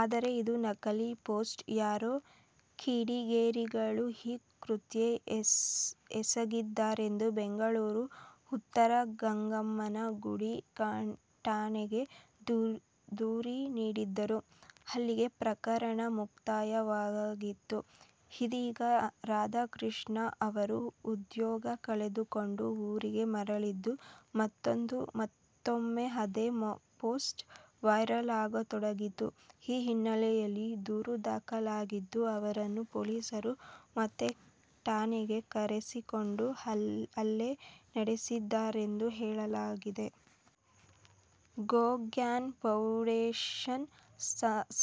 ಆದರೆ, ಇದು ನಕಲಿ ಪೋಸ್ಟ್ ಯಾರೋ ಕಿಡಿಗೇರಿಗಳು ಈ ಕೃತ್ಯ ಎಸಗಿದ್ದಾರೆಂದು ಬೆಂಗಳೂರು ಉತ್ತರ ಗಂಗಮ್ಮನ ಗುಡಿ ಠಾಣೆಗೆ ದೂರಿ ನೀಡಿದ್ದರು. ಅಲ್ಲಿಗೆ ಪ್ರಕರಣ ಮುಕ್ತಾಯವಾಗಿತ್ತು. ಇದೀಗ ರಾಧಾಕೃಷ್ಣ ಅವರು ಉದ್ಯೋಗ ಕಳೆದುಕೊಂಡು ಊರಿಗೆ ಮರಳಿದ್ದು, ಮತ್ತೊಮ್ಮೆ ಅದೇ ಪೋಸ್ಟ್ ವೈರಲ್ ಆಗತೊಡಗಿತ್ತು. ಈ ಹಿನ್ನೆಲೆಯಲ್ಲಿ ದೂರು ದಾಖಲಾಗಿದ್ದು, ಅವರನ್ನು ಪೊಲೀಸರು ಮತ್ತೆ ಠಾಣೆಗೆ ಕರೆಸಿಕೊಂಡು ಹಲ್ಲೆ ನಡೆಸಿದ್ದಾರೆಂದು ಹೇಳಲಾಗಿದೆ. ಗೋ ಗ್ಯಾನ್ ಫೌಂಡೇಶನ್ನ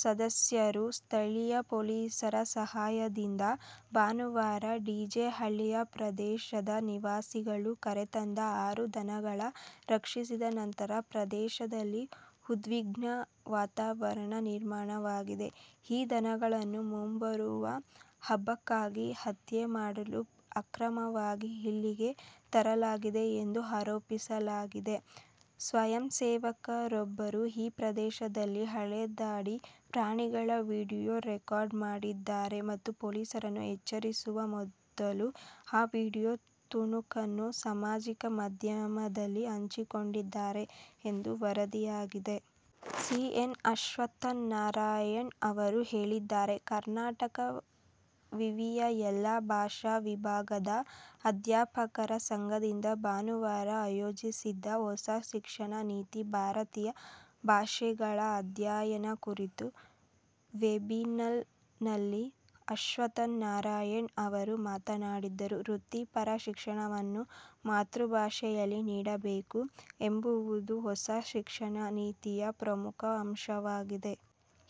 ಸದಸ್ಯರು ಸ್ಥಳೀಯ ಪೊಲೀಸರ ಸಹಾಯದಿಂದ ಭಾನುವಾರ ಡಿಜೆ ಹಳ್ಳಿಯ ಪ್ರದೇಶದ ನಿವಾಸಿಗಳು ಕರೆತಂದ ಆರು ದನಗಳ ರಕ್ಷಿಸಿದ ನಂತರ ಪ್ರದೇಶದಲ್ಲಿ ಉದ್ವಿಗ್ನ ವಾತಾವರಣ ನಿರ್ಮಾಣವಾಗಿದೆ. ಈ ದನಗಳನ್ನು ಮುಂಬರುವ ಹಬ್ಬಕ್ಕಾಗಿ ಹತ್ಯೆ ಮಾಡಲು ಅಕ್ರಮವಾಗಿ ಇಲ್ಲಿಗೆ ತರಲಾಗಿದೆ ಎಂದು ಆರೋಪಿಸಲಾಗಿದೆ. ಸ್ವಯಂಸೇವಕರೊಬ್ಬರು ಈ ಪ್ರದೇಶದಲ್ಲಿ ಅಲೆದಾಡಿ ಪ್ರಾಣಿಗಳ ವಿಡಿಯೋ ರೆಕಾರ್ಡ್ ಮಾಡಿದ್ದಾರೆ ಮತ್ತು ಪೊಲೀಸರನ್ನು ಎಚ್ಚರಿಸುವ ಮೊದಲು ಆ ವಿಡಿಯೋ ತುಣುಕನ್ನು ಸಾಮಾಜಿಕ ಮಾಧ್ಯಮದಲ್ಲಿ ಹಂಚಿಕೊಂಡಿದ್ದಾರೆ ಎಂದು ವರದಿಯಾಗಿದೆ. ಸಿ. ಎನ್. ಅಶ್ವತ್ಥನಾರಾಯಣ್ ಅವರು ಹೇಳಿದ್ದಾರೆ. ಕರ್ನಾಟಕ ವಿವಿಯ ಎಲ್ಲಾ ಭಾಷಾ ವಿಭಾಗದ ಅಧ್ಯಾಪಕರ ಸಂಘದಿಂದ ಭಾನುವಾರ ಆಯೋಜಿಸಿದ್ದ ಹೊಸ ಶಿಕ್ಷಣ ನೀತಿ-ಭಾರತೀಯ ಭಾಷೆಗಳ ಅಧ್ಯಯನ ಕುರಿತ ವೆಬಿನಾಲ್ ನಲ್ಲಿ ಅಶ್ವತ್ಥ ನಾರಾಯಣ್ ಅವರು ಮಾತನಾಡಿದರು. ವೃತ್ತಿಪರ ಶಿಕ್ಷಣವನ್ನು ಮಾತೃಭಾಷೆಯಲ್ಲಿ ನೀಡಬೇಕು ಎಂಬುದು ಹೊಸ ಶಿಕ್ಷಣ ನೀತಿಯ ಪ್ರಮುಖ ಆಶಯವಾಗಿದೆ.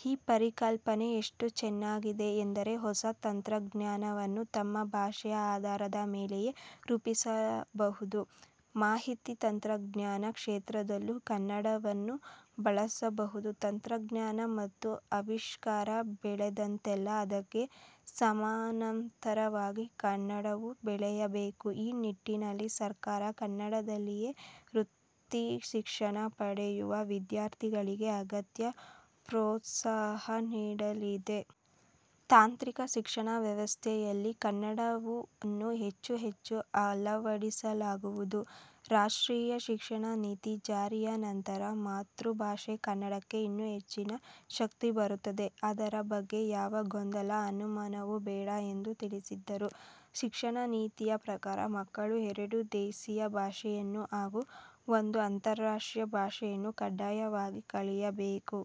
ಈ ಪರಿಕಲ್ಪನೆ ಎಷ್ಟು ಚೆನ್ನಾಗಿದೆ ಎಂದರೆ ಹೊಸ ತಂತ್ರಜ್ಞಾನವನ್ನು ತಮ್ಮ ಭಾಷೆಯ ಆಧಾರದ ಮೇಲೆಯೇ ರೂಪಿಸಬಹುದು. ಮಾಹಿತಿ ತಂತ್ರಜ್ಞಾನ ಕ್ಷೇತ್ರದಲ್ಲೂ ಕನ್ನಡವನ್ನು ಬಳಸಬಹುದು. ತಂತ್ರಜ್ಞಾನ ಮತ್ತು ಆವಿಷ್ಕಾರ ಬೆಳೆದಂತೆಲ್ಲ ಅದಕ್ಕೆ ಸಮಾನಾಂತರವಾಗಿ ಕನ್ನಡವೂ ಬೆಳೆಯಬೇಕು. ಈ ನಿಟ್ಟಿನಲ್ಲಿ ಸರ್ಕಾರ ಕನ್ನಡದಲ್ಲಿಯೇ ವೃತ್ತಿಶಿಕ್ಷಣ ಪಡೆಯುವ ವಿದ್ಯಾರ್ಥಿಗಳಿಗೆ ಅಗತ್ಯ ಪೋತ್ಸಾಹ ನೀಡಲಿದೆ. ತಾಂತ್ರಿಕ ಶಿಕ್ಷಣ ವ್ಯವಸ್ಥೆಯಲ್ಲಿ ಕನ್ನಡವನ್ನು ಹೆಚ್ಚೆಚ್ಚು ಅಳವಡಿಸಲಾಗುವುದು. ರಾಷ್ಟ್ರೀಯ ಶಿಕ್ಷಣ ನೀತಿ ಜಾರಿಯ ನಂತರ ಮಾತೃಭಾಷೆ ಕನ್ನಡಕ್ಕೆ ಇನ್ನೂ ಹೆಚ್ಚಿನ ಶಕ್ತಿ ಬರುತ್ತದೆ. ಅದರ ಬಗ್ಗೆ ಯಾವ ಗೊಂದಲ, ಅನುಮಾನವೂ ಬೇಡ ಎಂದು ತಿಳಿಸಿದರು. ಶಿಕ್ಷಣ ನೀತಿಯ ಪ್ರಕಾರ ಮಕ್ಕಳು ಎರಡು ದೇಶಿಯ ಭಾಷೆಗಳನ್ನು ಹಾಗೂ ಒಂದು ಅಂತಾರಾಷ್ಟ್ರೀಯ ಭಾಷೆಯನ್ನು ಕಡ್ಡಾಯವಾಗಿ ಕಲಿಯಲೇಬೇಕು.